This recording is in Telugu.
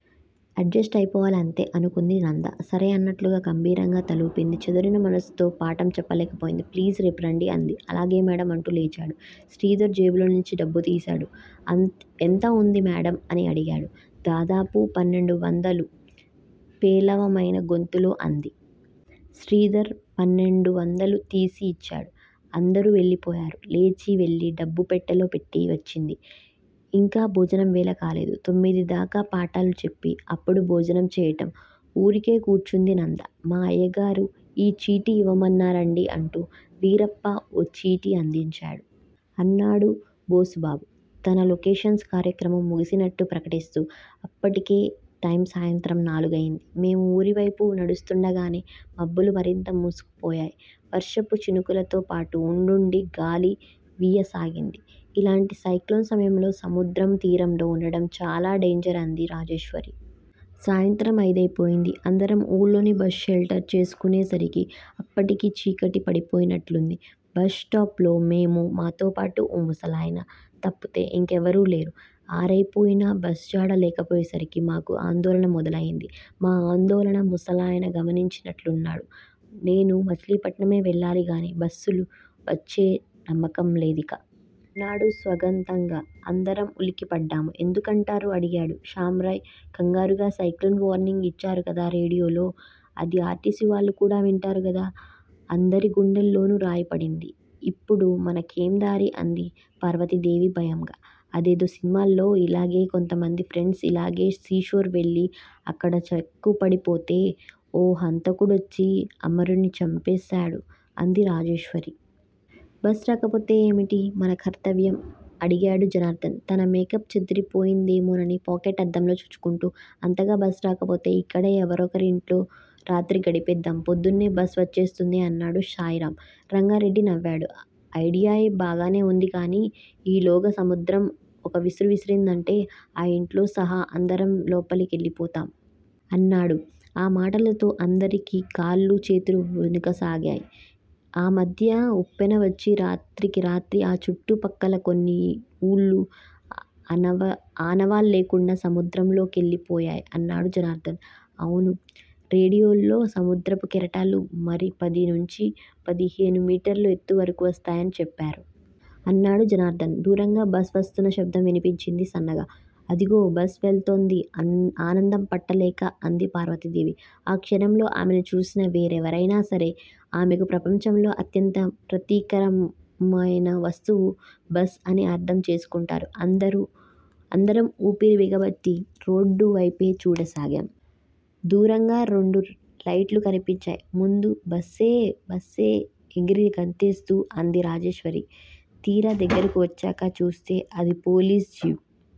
ఎడ్ జస్ట్ అయిపోవాలి అంతే!! అనుకుంది నంద. సరే అన్నట్లుగా గంభీరంగా తలూపింది. చెదిరిన మనస్సుతో పాఠం చెప్పలేకపోయింది. ప్లీజ్! రేపురండీ! అంది. అలాగే మేడమ్! అంటూ లేచాడు. శ్రీధర్ జేబులోంచి డబ్బు తీశాడు. ఎంత వుంది మేడమ్! అని అడిగేడు. దాదాపు పన్నెండువందలు! పేలవమైన గొంతుతో అంది. శ్రీధర్ పన్నెండువందలూ తీసి యిచ్చాడు. అందరూ వెళ్ళిపోయారు. లేచి వెళ్ళి డబ్బు పెట్టెలో పెట్టి వచ్చింది. ఇంకా భోజనం వేళ కాలేదు. తొమ్మిది దాకా పాఠాలు చెప్పి అప్పుడు భోజనం చేయటం. ఊరికే కూర్చుంది నంద. మా అయ్యగారు ఈ చీటీ ఇవ్వమన్నారండీ అంటూ వీరప్ప ఓ చీటీ అందించాడు. అన్నాడు బోసుబాబు తన లొకేషన్స్ కార్యక్రమం ముగిసినట్లు ప్రకటిస్తూ. అప్పటికే టైము సాయంత్రం నాలుగయింది. మేము ఊరివేపు నడుస్తూండగానే మబ్బులు మరింత మూసుకుపోయాయ్. వర్షపు చినుకులతో పాటు ఉండుండి గాలికూడా వీయసాగింది. ఇలాంటి సైక్లోన్ సమయాల్లో సముద్రపు తీరంలో ఉండడం చాలా డేంజర్- అంది రాజేశ్వరి. సాయంత్రం అయిదయిపోయింది. అందరం ఊళ్ళోని బస్ షెల్టర్ చేసుకునేసరికి అప్పటికే చీకటి పడిపోయినట్లుంది. బస్ స్టాప్ లో మేమూ, మాతోపాటు ఓ ముసలాయనా తప్పుతే ఇంకెవరూ లేరు. ఆరయిపోయినా బస్ జాడ లేకపోయేసరికి మాకు ఆందోళన మొదలయింది. మా ఆందోళన ముసలాయన గమనించినట్లున్నాడు. నేనూ మచిలీపట్నమే వెళ్ళాలి గానీ- బస్ లు వచ్చే నమ్మకం లేదిక! అన్నాడు స్వగతంగా. అందరం ఉలిక్కిపడ్డాము. ఎందుకంటారు? అడిగాడు శాయిరామ్ ఖంగారుగా. సైక్లోన్ వార్నింగ్ ఇచ్చారు కదా రేడియోలో? అదీ ఆర్టీసీ వాళ్ళు కూడా వింటారు కదా! అందరి గుండెల్లోనూ రాయిపడింది. ఇప్పుడు మనకేందారి? అంది పార్వతీదేవి భయంగా. అదేదో సినిమాలో ఇలాగే కొంతమంది ఫ్రెండ్స్ ఇలాగే సీషోర్ వెళ్ళి అక్కడ చిక్కడిపోతే ఓ హంతకుడొచ్చి అమరినీ చంపేస్తాడు- అంది రాజేశ్వరి. బస్ రాకపోతే ఏమిటి మన కర్తవ్యం? అడిగాడు జనార్ధన్ తన మేకప్ చెరగిపోయిందేమోనని పాకెట్ అద్దంలో చూచుకుంటూ. అంతగా బస్ రాకపోతే- ఇక్కడే ఎవరొకరింట్లో రాత్రి గడిపేద్దాం! పొద్దున్నే బస్ వచ్చేస్తుంది అన్నాడు శాయిరామ్. రంగారెడ్డి నవ్వాడు. అయిడియా బాగానే ఉంది గానీ ఈలోగా సముద్రం ఒక్క విసురు విసిరిందంటే ఆ ఇంటితో సహా అందరం లోపలికెళ్ళిపోతాం! అన్నాడు. ఆ మాటతో అందరికీ కాళ్ళూ చేతులు వణకసాగాయ్. ఆ మధ్య ఉప్పెనవచ్చి రాత్రికిరాత్రి ఆ చుట్టు పక్కల కొన్ని ఊళ్ళు ఆనవాల్లేకుండా సముద్రంలో కెళ్ళిపోయాయ్ అన్నాడు జనార్ధన్. అవును! రేడియోలో సముద్రపు కెరటాలు మరీ పది నుంచి పదిహేను మీటర్లుఎత్తువరకు వస్తాయని చెప్పారు! అన్నాడు జనార్ధన్. దూరంగా బస్ వస్తున్న శబ్దం వినిపించింది సన్నగా. అదిగో! బస్సు వెళ్తోంది! ఆనందం పట్టలేక అంది పార్వతీదేవి. ఆ క్షణంలో ఆమెను చూసిన వేరెవరయినా సరే- ఆమెకు ప్రపంచంలో అత్యంత ప్రతికరమయిన వస్తువు 'బస్సు' అని అర్థం చేసుకుంటారు. అందరం ఊపిరి బిగపట్టి రోడ్ వైపే చూడసాగాం! దూరంగా రెండు లైట్లు కనిపించాయ్ ముందు. బస్సే-బస్సే ఎగిరి గంతేస్తూ అంది రాజేశ్వరి. తీరా దగ్గర కొచ్చాక చూస్తే అది పోలీస్ జీప్.